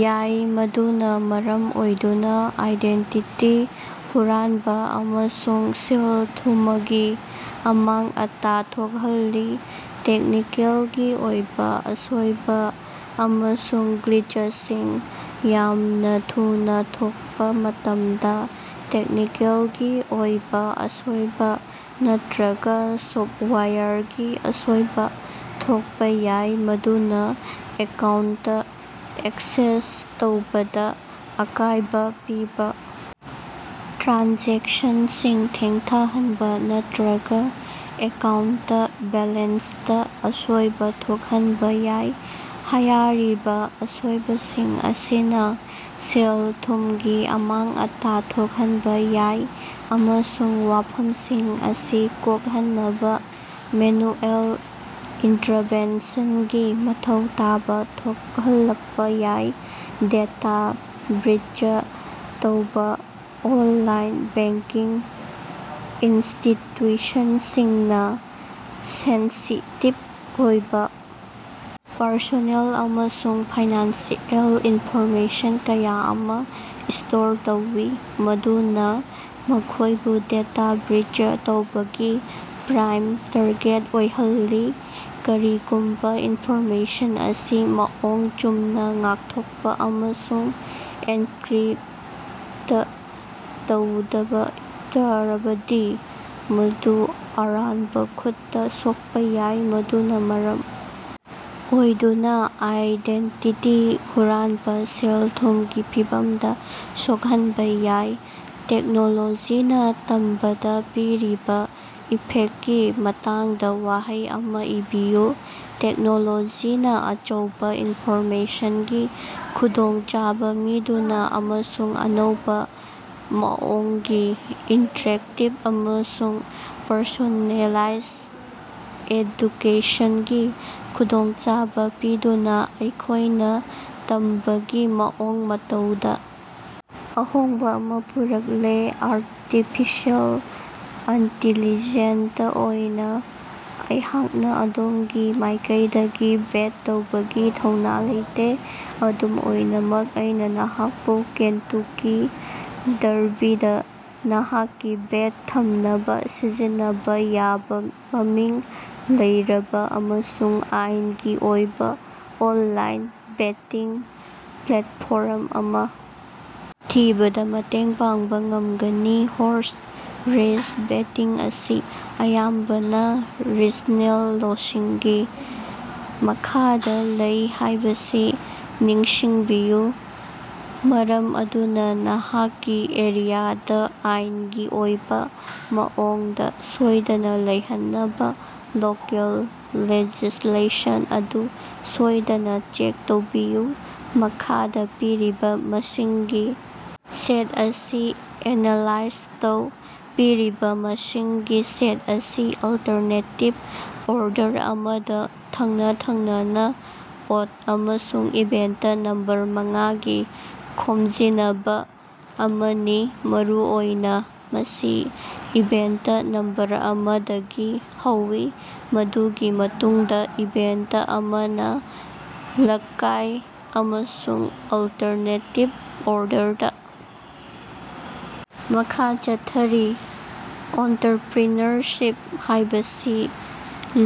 ꯌꯥꯏ, ꯃꯗꯨꯅ ꯃꯔꯝ ꯑꯣꯏꯗꯨꯅ ꯑꯥꯏꯗꯦꯟꯇꯤꯇꯤ ꯍꯨꯔꯥꯟꯕ ꯑꯃꯁꯨꯡ ꯁꯦꯜ-ꯊꯨꯃꯒꯤ ꯑꯃꯥꯡ-ꯑꯇꯥ ꯊꯣꯛꯍꯜꯂꯤ꯫ ꯇꯦꯛꯅꯤꯀꯦꯜꯒꯤ ꯑꯣꯏꯕ ꯑꯁꯣꯢꯕ ꯑꯃꯁꯨꯡ ꯒ꯭ꯂꯤꯆꯁꯤꯡ ꯌꯥꯝꯅ ꯊꯨꯅ ꯊꯣꯛꯄ ꯃꯇꯝꯗ, ꯇꯦꯛꯅꯤꯀꯦꯜꯒꯤ ꯑꯣꯏꯕ ꯑꯁꯣꯢꯕ ꯅꯠꯇ꯭ꯔꯒ ꯁꯣꯐꯋ꯭ꯌꯥꯔꯒꯤ ꯑꯁꯣꯏꯕ ꯊꯣꯛꯄ ꯌꯥꯏ, ꯃꯗꯨꯅ ꯑꯦꯀꯥꯎꯟꯇ ꯑꯦꯛꯁꯦꯁ ꯇꯧꯕꯗ ꯑꯀꯥꯢꯕ ꯄꯤꯕ, ꯇ꯭ꯔꯥꯟꯖꯦꯛꯁꯟꯁꯤꯡ ꯊꯦꯡꯊꯥꯍꯟꯕ ꯅꯠꯇ꯭ꯔꯒ ꯑꯦꯀꯥꯎꯟꯇ ꯕꯦꯂꯦꯟꯁꯇꯥ ꯑꯁꯣꯢꯕ ꯊꯣꯛꯍꯟꯕ ꯌꯥꯏ꯫ ꯍꯥꯌꯔꯤꯕ ꯑꯁꯣꯏꯕꯁꯤꯡ ꯑꯁꯤꯅ ꯁꯦꯜ-ꯊꯨꯝꯒꯤ ꯑꯃꯥꯡ-ꯑꯇꯥ ꯊꯣꯛꯍꯟꯕ ꯌꯥꯏ ꯑꯃꯁꯨꯡ ꯋꯥꯐꯝꯁꯤꯡ ꯑꯁꯤ ꯀꯣꯛꯍꯟꯅꯕ ꯃꯦꯅꯨꯑꯦꯜ ꯏꯟꯇ꯭ꯔꯚꯦꯟꯁꯟꯒꯤ ꯃꯊꯧ ꯇꯥꯕ ꯊꯣꯛꯍꯜꯂꯛꯄ ꯌꯥꯏ꯫ ꯗꯦꯇꯥ ꯕ꯭ꯔꯤꯆ ꯇꯧꯕ ꯑꯣꯟꯂꯥꯏꯟ ꯕꯦꯡꯀꯤꯡ ꯏꯟꯁꯇꯤꯇ꯭ꯌꯨꯁꯟꯁꯤꯡꯅ ꯁꯦꯟꯁꯤꯇꯤꯚ ꯑꯣꯏꯕ ꯄꯔꯁꯣꯅꯦꯜ ꯑꯃꯁꯨꯡ ꯐꯥꯏꯅꯥꯟꯁꯤꯑꯦꯜ ꯏꯟꯐꯣꯔꯃꯦꯁꯟ ꯀꯌꯥ ꯑꯃ ꯁ꯭ꯇꯣꯔ ꯇꯧꯏ꯫ ꯃꯗꯨꯅ ꯃꯈꯣꯢꯕꯨ ꯗꯦꯇꯥ ꯕ꯭ꯔꯤꯆ ꯇꯧꯕꯒꯤ ꯄ꯭ꯔꯥꯏꯝ ꯇꯥꯔꯒꯦꯠ ꯑꯣꯏꯍꯜꯂꯤ꯫ ꯀꯔꯤꯒꯨꯝꯕ ꯏꯟꯐꯣꯔꯃꯦꯁꯟ ꯑꯁꯤ ꯃꯑꯣꯡ ꯆꯨꯝꯅ ꯉꯥꯛꯊꯣꯛꯄ ꯑꯃꯁꯨꯡ ꯑꯦꯟꯀ꯭ꯔꯤꯞꯇ ꯇꯧꯗꯕ ꯇꯥꯔꯕꯗꯤ, ꯃꯗꯨ ꯑꯔꯥꯟꯕ ꯈꯨꯠꯇ ꯁꯣꯛꯄ ꯌꯥꯏ, ꯃꯗꯨꯅ ꯃꯔꯝ ꯑꯣꯏꯗꯨꯅ ꯑꯥꯏꯗꯦꯟꯇꯤꯇꯤ ꯍꯨꯔꯥꯟꯕ, ꯁꯦꯜ-ꯊꯨꯝꯒꯤ ꯐꯤꯚꯝꯗ ꯁꯣꯛꯍꯟꯕ ꯌꯥꯏ꯫ ꯇꯦꯛꯅꯣꯂꯣꯖꯤꯅ ꯇꯝꯕꯗ ꯄꯤꯔꯤꯕ ꯏꯐꯦꯛꯀꯤ ꯃꯇꯥꯡꯗ ꯋꯥꯍꯩ ꯑꯃ ꯏꯕꯤꯌꯨ꯫ ꯇꯦꯛꯅꯣꯂꯣꯖꯤꯅ ꯑꯆꯧꯕ ꯏꯟꯐꯣꯔꯃꯦꯁꯟꯒꯤ ꯈꯨꯗꯣꯡꯆꯥꯕ ꯃꯤꯗꯨꯅ ꯑꯃꯁꯨꯡ ꯑꯅꯧꯕ ꯃꯑꯣꯡꯒꯤ ꯏꯟꯇ꯭ꯔꯦꯛꯇꯤꯞ ꯑꯃꯁꯨꯡ ꯄꯔꯁꯣꯅꯦꯂꯥꯏꯖ ꯑꯦꯗꯨꯀꯦꯁꯟꯒꯤ ꯈꯨꯗꯣꯡꯆꯥꯕ ꯄꯤꯗꯨꯅ ꯑꯩꯈꯣꯢꯅ ꯇꯝꯕꯒꯤ ꯃꯑꯣꯡ ꯃꯇꯧꯗ ꯑꯍꯣꯡꯕ ꯑꯃ ꯄꯨꯔꯛꯂꯦ꯫ ꯑꯔꯇꯤꯐꯤꯁꯦꯜ ꯑꯟꯇꯤꯂꯤꯖꯦꯟꯇ ꯑꯣꯏꯅ ꯑꯩꯍꯥꯛꯅ ꯑꯗꯣꯝꯒꯤ ꯃꯥꯢꯀꯩꯗꯒꯤ ꯕꯦꯠ ꯇꯧꯕꯒꯤ ꯊꯧꯅ ꯂꯩꯇꯦ꯫ ꯑꯗꯨꯝ ꯑꯣꯏꯅꯃꯛ, ꯑꯩꯅ ꯅꯍꯥꯛꯄꯨ ꯀꯦꯟꯇꯨꯀꯤ ꯗꯔꯕꯤꯗ ꯅꯍꯥꯛꯀꯤ ꯕꯦꯠ ꯊꯝꯅꯕ ꯁꯤꯖꯤꯟꯅꯕ ꯌꯥꯕ ꯃꯃꯤꯡ ꯂꯩꯔꯕ ꯑꯃꯁꯨꯡ ꯑꯥꯏꯟꯒꯤ ꯑꯣꯏꯕ ꯑꯣꯟꯂꯥꯏꯟ ꯕꯦꯇꯤꯡ ꯄ꯭ꯂꯦꯠꯐꯣꯔꯝ ꯑꯃ ꯊꯤꯕꯗ ꯃꯇꯦꯡ ꯄꯥꯡꯕ ꯉꯝꯒꯅꯤ꯫ ꯍꯣꯔꯁ ꯔꯦꯁ ꯕꯦꯇꯤꯡ ꯑꯁꯤ ꯑꯌꯥꯝꯕꯅ ꯔꯤꯖꯅꯦꯜ ꯂꯣꯁꯤꯡꯒꯤ ꯃꯈꯥꯗ ꯂꯩ ꯍꯥꯢꯕꯁꯤ ꯅꯤꯡꯁꯤꯡꯕꯤꯌꯨ ꯃꯔꯝ ꯑꯗꯨꯅ ꯅꯍꯥꯛꯀꯤ ꯑꯦꯔꯤꯌꯥꯗ ꯑꯥꯏꯟꯒꯤ ꯑꯣꯏꯕ ꯃꯑꯣꯡꯗ ꯁꯣꯢꯗꯅ ꯂꯩꯍꯟꯅꯕ ꯂꯣꯀꯦꯜ ꯂꯦꯖꯤꯁ꯭ꯂꯦꯁꯟ ꯑꯗꯨ ꯁꯣꯢꯗꯅ ꯆꯦꯛ ꯇꯧꯕꯤꯌꯨ꯫ ꯃꯈꯥꯗ ꯄꯤꯔꯤꯕ ꯃꯁꯤꯡꯒꯤ ꯁꯦꯠ ꯑꯁꯤ ꯑꯦꯅꯂꯥꯏꯖ ꯇꯧ꯫ ꯄꯤꯔꯤꯕ ꯃꯁꯤꯡꯒꯤ ꯁꯦꯠ ꯑꯁꯤ ꯑꯜꯇ꯭ꯔꯅꯦꯇꯤꯕ ꯑꯣꯔꯗꯔ ꯑꯃꯗ ꯊꯪꯅ-ꯊꯪꯅꯅ ꯑꯣꯗ ꯑꯃꯁꯨꯡ ꯏꯚꯦꯟꯇ ꯅꯝꯕꯔ ꯃꯉꯥꯒꯤ ꯈꯣꯝꯖꯤꯅꯕ ꯑꯃꯅꯤ꯫ ꯃꯔꯨꯑꯣꯏꯅ, ꯃꯁꯤ ꯏꯚꯦꯟꯇ ꯅꯝꯕꯔ ꯑꯃꯗꯒꯤ ꯍꯧꯏ, ꯃꯗꯨꯒꯤ ꯃꯇꯨꯡꯗ ꯏꯚꯦꯟꯇ ꯑꯃꯅ ꯂꯥꯀꯥꯏ ꯑꯃꯁꯨꯡ ꯑꯜꯇ꯭ꯔꯅꯦꯇꯤꯕ ꯑꯣꯔꯗꯔꯗ ꯃꯈꯥ ꯆꯠꯊꯔꯤ꯫ ꯑꯣꯟꯇ꯭ꯔꯄ꯭ꯔꯤꯅꯔꯁꯤꯞ ꯍꯥꯢꯕꯁꯤ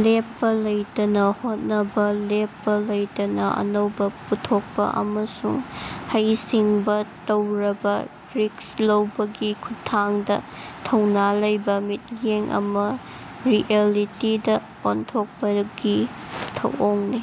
ꯂꯦꯞꯄ ꯂꯩꯇꯅ ꯍꯣꯠꯅꯕ, ꯂꯦꯞꯄ ꯂꯩꯇꯅ ꯑꯅꯧꯕ ꯄꯨꯊꯣꯛꯄ, ꯑꯃꯁꯨꯡ ꯍꯩ ꯁꯤꯡꯕ ꯇꯧꯔꯕ ꯔꯤꯁ꯭ꯛ ꯂꯧꯕꯒꯤ ꯈꯨꯠꯊꯥꯡꯗ ꯊꯧꯅ ꯂꯩꯕ ꯃꯤꯠꯌꯦꯡ ꯑꯃ ꯔꯤꯑꯦꯂꯤꯇꯤꯗ ꯑꯣꯟꯊꯣꯛꯄꯒꯤ ꯊꯧꯑꯣꯡꯅꯤ꯫